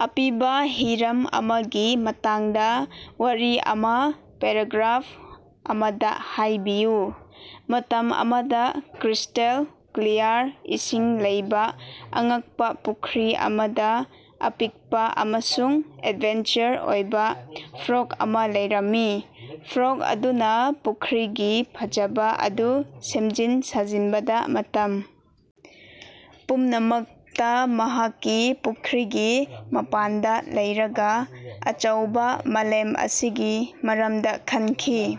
ꯑꯄꯤꯕꯥ ꯍꯤꯔꯝ ꯑꯃꯒꯤ ꯃꯇꯥꯡꯗ ꯋꯥꯔꯤ ꯑꯃ ꯄꯦꯔꯥꯒ꯭ꯔꯥꯐ ꯑꯃꯗ ꯍꯥꯏꯕꯤꯌꯨ꯫ ꯃꯇꯝ ꯑꯃꯗ ꯀ꯭ꯔꯤꯁ꯭ꯇꯦꯜ ꯀ꯭ꯂꯤꯌꯥꯔ ꯏꯁꯤꯡ ꯂꯩꯕꯥ ꯑꯉꯛꯄ ꯄꯨꯈ꯭ꯔꯤ ꯑꯃꯗ ꯑꯄꯤꯛꯄ ꯑꯃꯁꯨꯡ ꯑꯦꯗꯚꯦꯟꯆꯔ ꯑꯣꯏꯕ ꯐ꯭ꯔꯣꯛ ꯑꯃ ꯂꯩꯔꯝꯃꯤ꯫ ꯐ꯭ꯔꯣꯛ ꯑꯗꯨꯅ ꯄꯨꯈ꯭ꯔꯤꯒꯤ ꯐꯖꯕ ꯑꯗꯨ ꯁꯦꯝꯖꯤꯟ ꯁꯥꯖꯤꯟꯕꯗ, ꯃꯇꯝ ꯄꯨꯝꯅꯃꯛꯇ ꯃꯍꯥꯛꯀꯤ ꯄꯨꯈ꯭ꯔꯤꯒꯤ ꯃꯄꯥꯟꯗ ꯂꯩꯔꯒ ꯑꯆꯧꯕ ꯃꯥꯂꯦꯝ ꯑꯁꯤꯒꯤ ꯃꯔꯝꯗ ꯈꯟꯈꯤ꯫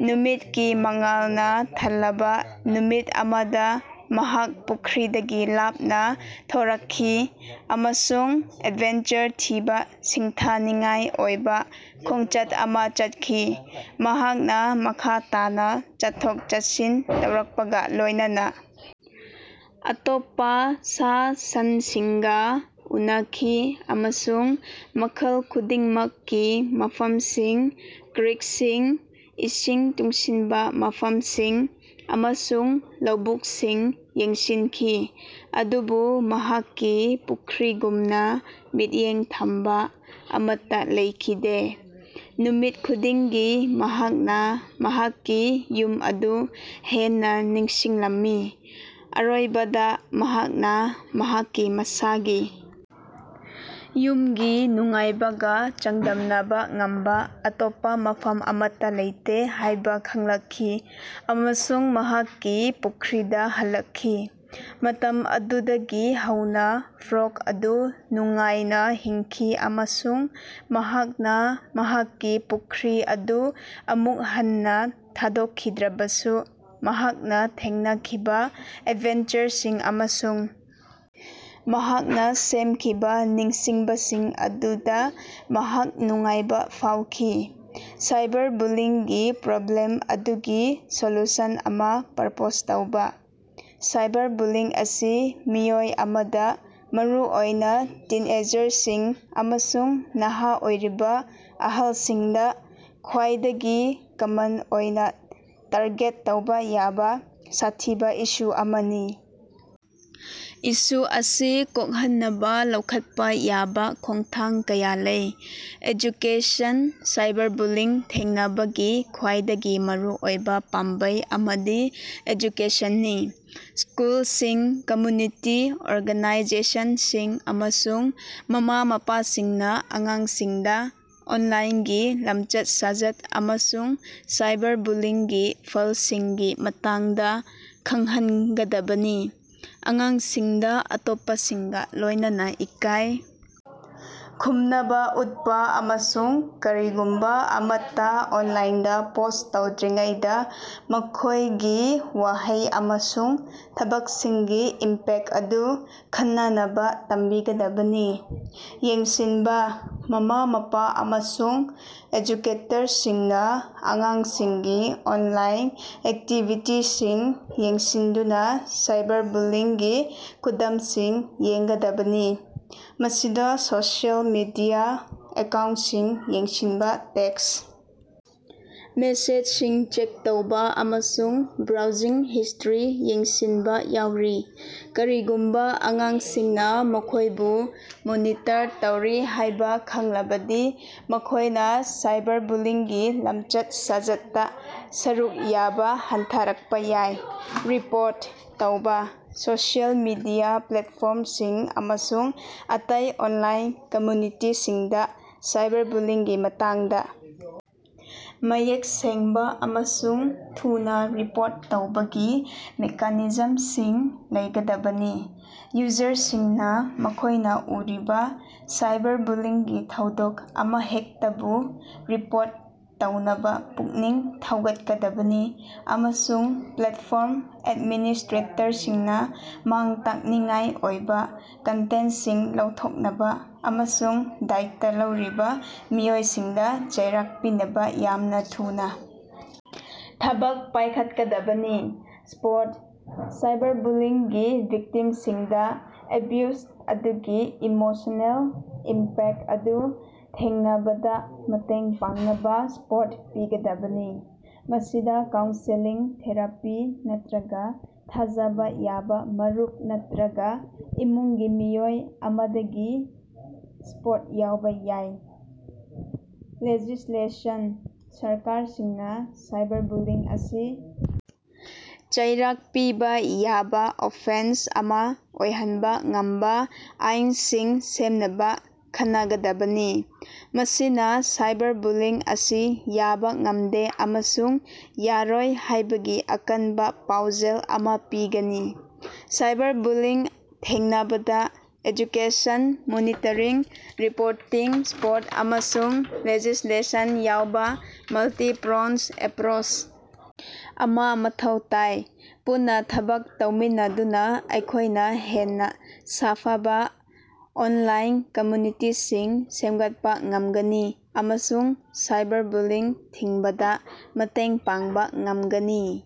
ꯅꯨꯃꯤꯠꯀꯤ ꯃꯉꯥꯜꯅ ꯊꯜꯂꯕ ꯅꯨꯃꯤꯠ ꯑꯃꯗ ꯃꯍꯥꯛ ꯄꯨꯈ꯭ꯔꯤꯗꯒꯤ ꯂꯥꯞꯅ ꯊꯣꯔꯛꯈꯤ ꯑꯃꯁꯨꯡ ꯑꯦꯗꯚꯦꯟꯆꯔ ꯊꯤꯕ ꯁꯤꯡꯊꯥꯅꯤꯡꯉꯥꯏ ꯑꯣꯏꯕ ꯈꯣꯡꯆꯠ ꯑꯃ ꯆꯠꯈꯤ꯫ ꯃꯍꯥꯛꯅ ꯃꯈꯥ ꯇꯥꯅ ꯆꯠꯊꯣꯛ-ꯆꯠꯁꯤꯟ ꯇꯧꯔꯛꯄꯒ ꯂꯣꯢꯅꯅ ꯑꯇꯣꯞꯄꯥ ꯁꯥ-ꯁꯟꯁꯤꯡꯒ ꯎꯅꯈꯤ ꯑꯃꯁꯨꯡ ꯃꯈꯜ ꯈꯨꯗꯤꯡꯃꯛꯀꯤ ꯃꯐꯝꯁꯤꯡ, ꯀ꯭ꯔꯤꯛꯁꯤꯡ, ꯏꯁꯤꯡ ꯇꯨꯡꯁꯤꯟꯕ ꯃꯐꯝꯁꯤꯡ ꯑꯃꯁꯨꯡ ꯂꯧꯕꯨꯛꯁꯤꯡ ꯌꯦꯡꯁꯤꯟꯈꯤ, ꯑꯗꯨꯕꯨ ꯃꯍꯥꯛꯀꯤ ꯄꯨꯈ꯭ꯔꯤꯒꯨꯝꯅ ꯃꯤꯠꯌꯦꯡ ꯊꯝꯕ ꯑꯃꯠꯇ ꯂꯩꯈꯤꯗꯦ꯫ ꯅꯨꯃꯤꯠ ꯈꯨꯗꯤꯡꯒꯤ ꯃꯍꯥꯛꯅ ꯃꯍꯥꯛꯀꯤ ꯌꯨꯝ ꯑꯗꯨ ꯍꯦꯟꯅ ꯅꯤꯡꯁꯤꯡꯂꯝꯃꯤ꯫ ꯑꯔꯣꯏꯕꯗꯥ ꯃꯍꯥꯛꯅ ꯃꯍꯥꯛꯀꯤ ꯃꯁꯥꯒꯤ ꯌꯨꯝꯒꯤ ꯅꯨꯡꯉꯥꯏꯕꯒ ꯆꯥꯡꯗꯝꯅꯕ ꯉꯝꯕ ꯑꯇꯣꯞꯄ ꯃꯐꯝ ꯑꯃꯠꯇ ꯂꯩꯇꯦ ꯍꯥꯏꯕ ꯈꯪꯂꯛꯈꯤ, ꯑꯃꯁꯨꯡ ꯃꯍꯥꯛꯀꯤ ꯄꯨꯈ꯭ꯔꯤꯗ ꯍꯜꯂꯛꯈꯤ꯫ ꯃꯇꯝ ꯑꯗꯨꯗꯒꯤ ꯍꯧꯅꯥ ꯐ꯭ꯔꯣꯛ ꯑꯗꯨ ꯅꯨꯡꯉꯥꯏꯅ ꯍꯤꯡꯈꯤ ꯑꯃꯁꯨꯡ ꯃꯍꯥꯛꯅ ꯃꯍꯥꯛꯀꯤ ꯄꯨꯈ꯭ꯔꯤ ꯑꯗꯨ ꯑꯃꯨꯛ ꯍꯟꯅ ꯊꯥꯗꯣꯛꯈꯤꯗ꯭ꯔꯕꯁꯨ ꯃꯍꯥꯛꯅ ꯊꯦꯡꯅꯈꯤꯕꯥ ꯑꯦꯗꯚꯦꯟꯆꯔꯁꯤꯡ ꯑꯃꯁꯨꯡ ꯃꯍꯥꯛꯅ ꯁꯦꯝꯈꯤꯕ ꯅꯤꯡꯁꯤꯡꯕꯁꯤꯡ ꯑꯗꯨꯗ ꯃꯍꯥꯛ ꯅꯨꯡꯉꯥꯏꯕ ꯐꯥꯎꯈꯤ꯫ ꯁꯥꯏꯕꯔꯕꯨꯂꯤꯡꯒꯤ ꯄ꯭ꯔꯣꯕ꯭ꯂꯦꯝ ꯑꯗꯨꯒꯤ ꯁꯣꯂꯨꯁꯟ ꯑꯃ ꯄ꯭ꯔꯄꯣꯖ ꯇꯧꯕ꯫ ꯁꯥꯏꯕꯔꯕꯨꯂꯤꯡ ꯑꯁꯤ ꯃꯤꯑꯣꯏ ꯑꯃꯗ, ꯃꯔꯨꯑꯣꯢꯅ ꯇꯤꯟꯑꯦꯖꯔꯁꯤꯡ ꯑꯃꯁꯨꯡ ꯅꯍꯥ ꯑꯣꯏꯔꯤꯕ ꯑꯍꯜꯁꯤꯡꯗ, ꯈ꯭ꯋꯥꯏꯗꯒꯤ ꯀꯃꯟ ꯑꯣꯏꯅ ꯇꯥꯔꯒꯦꯠ ꯇꯧꯕ ꯌꯥꯕ ꯁꯥꯊꯤꯕ ꯏꯁꯨ ꯑꯃꯅꯤ꯫ ꯏꯁꯨ ꯑꯁꯤ ꯀꯣꯛꯍꯟꯅꯕ ꯂꯧꯈꯠꯄ ꯌꯥꯕ ꯈꯣꯡꯊꯥꯡ ꯀꯌꯥ ꯂꯩ: ꯑꯦꯖꯨꯀꯦꯁꯟ: ꯁꯥꯏꯕꯔꯕꯨꯂꯤꯡ ꯊꯦꯡꯅꯕꯒꯤ ꯈ꯭ꯋꯥꯏꯗꯒꯤ ꯃꯔꯨꯑꯣꯏꯕ ꯄꯥꯝꯕꯩ ꯑꯃꯗꯤ ꯑꯦꯖꯨꯀꯦꯁꯟꯅꯤ꯫ ꯁ꯭ꯀꯨꯜꯁꯤꯡ, ꯀꯝꯃꯨꯅꯤꯇꯤ ꯑꯣꯔꯒꯥꯅꯥꯏꯖꯦꯁꯟꯁꯤꯡ ꯑꯃꯁꯨꯡ ꯃꯃꯥ-ꯃꯄꯥꯁꯤꯡꯅ ꯑꯉꯥꯡꯁꯤꯡꯗ ꯑꯣꯟꯂꯥꯏꯟꯒꯤ ꯂꯝꯆꯠ-ꯁꯥꯖꯠ ꯑꯃꯁꯨꯡ ꯁꯥꯏꯕꯔꯕꯨꯂꯤꯡꯒꯤ ꯐꯜꯁꯤꯡꯒꯤ ꯃꯇꯥꯡꯗ ꯈꯪꯍꯟꯒꯗꯕꯅꯤ꯫ ꯑꯉꯥꯡꯁꯤꯡꯗ ꯑꯇꯣꯞꯄꯁꯤꯡꯒ ꯂꯣꯢꯅꯅ ꯏꯀꯥꯏ ꯈꯨꯝꯅꯕꯥ ꯎꯠꯄ ꯑꯃꯁꯨꯡ ꯀꯔꯤꯒꯨꯝꯕ ꯑꯃꯠꯇ ꯑꯣꯅꯂꯥꯏꯟꯗ ꯄꯣꯁ꯭ꯠ ꯇꯧꯗ꯭ꯔꯤꯉꯩꯗꯥ ꯃꯈꯣꯏꯒꯤ ꯋꯥꯍꯩ ꯑꯃꯁꯨꯡ ꯊꯕꯛꯁꯤꯡꯒꯤ ꯏꯝꯄꯦꯛ ꯑꯗꯨ ꯈꯟꯅꯅꯕ ꯇꯝꯕꯤꯒꯗꯕꯅꯤ꯫ ꯌꯦꯡꯁꯤꯟꯕꯥ: ꯃꯃꯥ-ꯃꯄꯥ ꯑꯃꯁꯨꯡ ꯑꯦꯖꯨꯀꯦꯇꯔꯁꯤꯡꯅ ꯑꯉꯥꯡꯁꯤꯡꯒꯤ ꯑꯣꯟꯂꯥꯏꯟ ꯑꯦꯛꯇꯤꯚꯤꯇꯤꯁꯤꯡ ꯌꯦꯡꯁꯤꯟꯗꯨꯅꯥ ꯁꯥꯏꯕꯔꯕꯨꯂꯤꯡꯒꯤ ꯈꯨꯗꯝꯁꯤꯡ ꯌꯦꯡꯒꯗꯕꯅꯤ꯫ ꯃꯁꯤꯗ ꯁꯣꯁꯤꯑꯦꯜ ꯃꯤꯗꯤꯌꯥ ꯑꯦꯀꯥꯎꯟꯁꯤꯡ ꯌꯦꯡꯁꯤꯟꯕꯥ, ꯇꯦꯛꯁ ꯃꯦꯁꯦꯖꯁꯤꯡ ꯆꯦꯛ ꯇꯧꯕ, ꯑꯃꯁꯨꯡ ꯕ꯭ꯔꯥꯎꯖꯤꯡ ꯍꯤꯁꯇ꯭ꯔꯤ ꯌꯦꯡꯁꯤꯟꯕꯥ ꯌꯥꯎꯔꯤ꯫ ꯀꯔꯤꯒꯨꯝꯕꯥ ꯑꯉꯥꯡꯁꯤꯡꯅ ꯃꯈꯣꯏꯕꯨ ꯃꯣꯅꯤꯇꯔ ꯇꯧꯔꯤ ꯍꯥꯏꯕ ꯈꯪꯂꯕꯗꯤ, ꯃꯈꯣꯏꯅ ꯁꯥꯏꯕꯔꯕꯨꯂꯤꯡꯒꯤ ꯂꯞꯆꯠ-ꯁꯥꯖꯠꯇ ꯁꯔꯨꯛ ꯌꯥꯕ ꯍꯟꯊꯔꯛꯄ ꯌꯥꯏ꯫ ꯔꯤꯄꯣꯔꯠ ꯇꯧꯕ: ꯁꯣꯁꯤꯑꯦꯜ ꯃꯤꯗꯤꯌꯥ ꯄ꯭ꯂꯦꯠꯐꯣꯔꯝꯁꯤꯡ ꯑꯃꯁꯨꯡ ꯑꯇꯩ ꯑꯣꯟꯂꯥꯏꯟ ꯀꯝꯃꯨꯅꯤꯇꯤꯁꯤꯡꯗ ꯁꯥꯏꯕꯔꯕꯨꯂꯤꯡꯒꯤ ꯃꯇꯥꯡꯗ ꯃꯌꯦꯛ ꯁꯦꯡꯕ ꯑꯃꯁꯨꯡ ꯊꯨꯅꯥ ꯔꯤꯄꯣꯔꯠ ꯇꯧꯕꯒꯤ ꯃꯦꯀꯥꯅꯤꯖꯝꯁꯤꯡ ꯂꯩꯒꯗꯕꯅꯤ꯫ ꯌꯨꯖꯔꯁꯤꯡꯅ ꯃꯈꯣꯢꯅ ꯎꯔꯤꯕ ꯁꯥꯏꯕꯔꯕꯨꯂꯤꯡꯒꯤ ꯊꯧꯗꯣꯛ ꯑꯃꯍꯦꯛꯇꯕꯨ ꯔꯤꯄꯣꯔꯠ ꯇꯧꯅꯕ ꯄꯨꯛꯅꯤꯡ ꯊꯧꯒꯠꯀꯗꯕꯅꯤ, ꯑꯃꯁꯨꯡ ꯄ꯭ꯂꯦꯠꯐꯣꯔꯝ ꯑꯦꯗꯃꯤꯅꯤꯁꯇ꯭ꯔꯦꯇꯔꯁꯤꯡꯅ ꯃꯥꯡ-ꯇꯥꯛꯅꯤꯡꯉꯥꯏ ꯑꯣꯏꯕ ꯀꯟꯇꯦꯟꯁꯤꯡ ꯂꯧꯊꯣꯛꯅꯕ ꯑꯃꯁꯨꯡ ꯗꯥꯏꯇꯥ ꯂꯧꯔꯤꯕ ꯃꯤꯑꯣꯏꯁꯤꯡꯗ ꯆꯩꯔꯥꯛ ꯄꯤꯅꯕꯥ ꯌꯥꯝꯅ ꯊꯨꯅꯥ ꯊꯕꯛ ꯄꯥꯢꯈꯠꯀꯗꯕꯅꯤ꯫ ꯁꯄꯣꯔꯠ: ꯁꯥꯏꯕꯔꯕꯨꯂꯤꯡꯒꯤ ꯚꯤꯛꯇꯤꯝꯁꯤꯡꯗ ꯑꯦꯕ꯭ꯌꯨꯖ ꯑꯗꯨꯒꯤ ꯏꯃꯣꯁꯅꯦꯜ ꯏꯝꯄꯦꯛ ꯑꯗꯨ ꯊꯦꯡꯅꯕꯗ ꯃꯇꯦꯡ ꯄꯥꯡꯅꯕ ꯁꯄꯣꯔꯠ ꯄꯤꯒꯗꯕꯅꯤ꯫ ꯃꯁꯤꯗ ꯀꯥꯎꯟꯁꯦꯂꯤꯡ, ꯊꯦꯔꯥꯄꯤ ꯅꯠꯇ꯭ꯔꯒ ꯊꯥꯖꯕ ꯌꯥꯕ ꯃꯔꯨꯞ ꯅꯠꯇ꯭ꯔꯒ ꯏꯃꯨꯡꯒꯤ ꯃꯤꯑꯣꯏ ꯑꯃꯗꯒꯤ ꯁꯄꯣꯔꯠ ꯌꯥꯎꯕ ꯌꯥꯏ꯫ ꯂꯦꯖꯤꯁ꯭ꯂꯦꯁꯟ: ꯁꯔꯀꯥꯔꯁꯤꯡꯅ ꯁꯥꯏꯕꯔꯕꯨꯂꯤꯡ ꯑꯁꯤ ꯆꯩꯔꯥꯛ ꯄꯤꯕ ꯌꯥꯕ ꯑꯣꯐꯦꯟꯁ ꯑꯃ ꯑꯣꯏꯍꯟꯕ ꯉꯝꯕ ꯑꯥꯏꯟꯁꯤꯡ ꯁꯦꯝꯅꯕ ꯈꯟꯅꯒꯗꯕꯅꯤ꯫ ꯃꯁꯤꯅ ꯁꯥꯏꯕꯔꯕꯨꯂꯤꯡ ꯑꯁꯤ ꯌꯥꯕ ꯉꯝꯗꯦ ꯑꯃꯁꯨꯡ ꯌꯥꯔꯣꯏ ꯍꯥꯏꯕꯒꯤ ꯑꯀꯟꯕꯥ ꯄꯥꯎꯖꯦꯜ ꯑꯃ ꯄꯤꯒꯅꯤ꯫ ꯁꯥꯏꯕꯔꯕꯨꯂꯤꯡ ꯊꯦꯡꯅꯕꯗꯥ ꯑꯦꯖꯨꯀꯦꯁꯟ, ꯃꯣꯅꯤꯇꯔꯤꯡ, ꯔꯤꯄꯣꯔꯇꯤꯡ, ꯁꯄꯣꯔꯠ ꯑꯃꯁꯨꯡ ꯂꯦꯖꯤꯁꯂꯦꯁꯟ ꯌꯥꯎꯕ ꯃꯜꯇꯤ-ꯄ꯭ꯔꯣꯡꯖ ꯑꯦꯄ꯭ꯔꯣꯁ ꯑꯃ ꯃꯊꯧ ꯇꯥꯏ꯫ ꯄꯨꯟꯅꯥ ꯊꯕꯛ ꯇꯧꯃꯤꯟꯅꯗꯨꯅ ꯑꯩꯈꯣꯏꯅ ꯍꯦꯟꯅ ꯁꯥꯐꯕ ꯑꯣꯅꯂꯥꯏꯟ ꯀꯝꯃꯨꯅꯤꯇꯤꯁꯤꯡ ꯁꯦꯝꯒꯠꯄ ꯉꯝꯒꯅꯤ ꯑꯃꯁꯨꯡ ꯁꯥꯏꯕꯔꯕꯨꯂꯤꯡ ꯊꯤꯡꯕꯗꯥ ꯃꯇꯦꯡ ꯄꯥꯡꯕ ꯉꯝꯒꯅꯤ꯫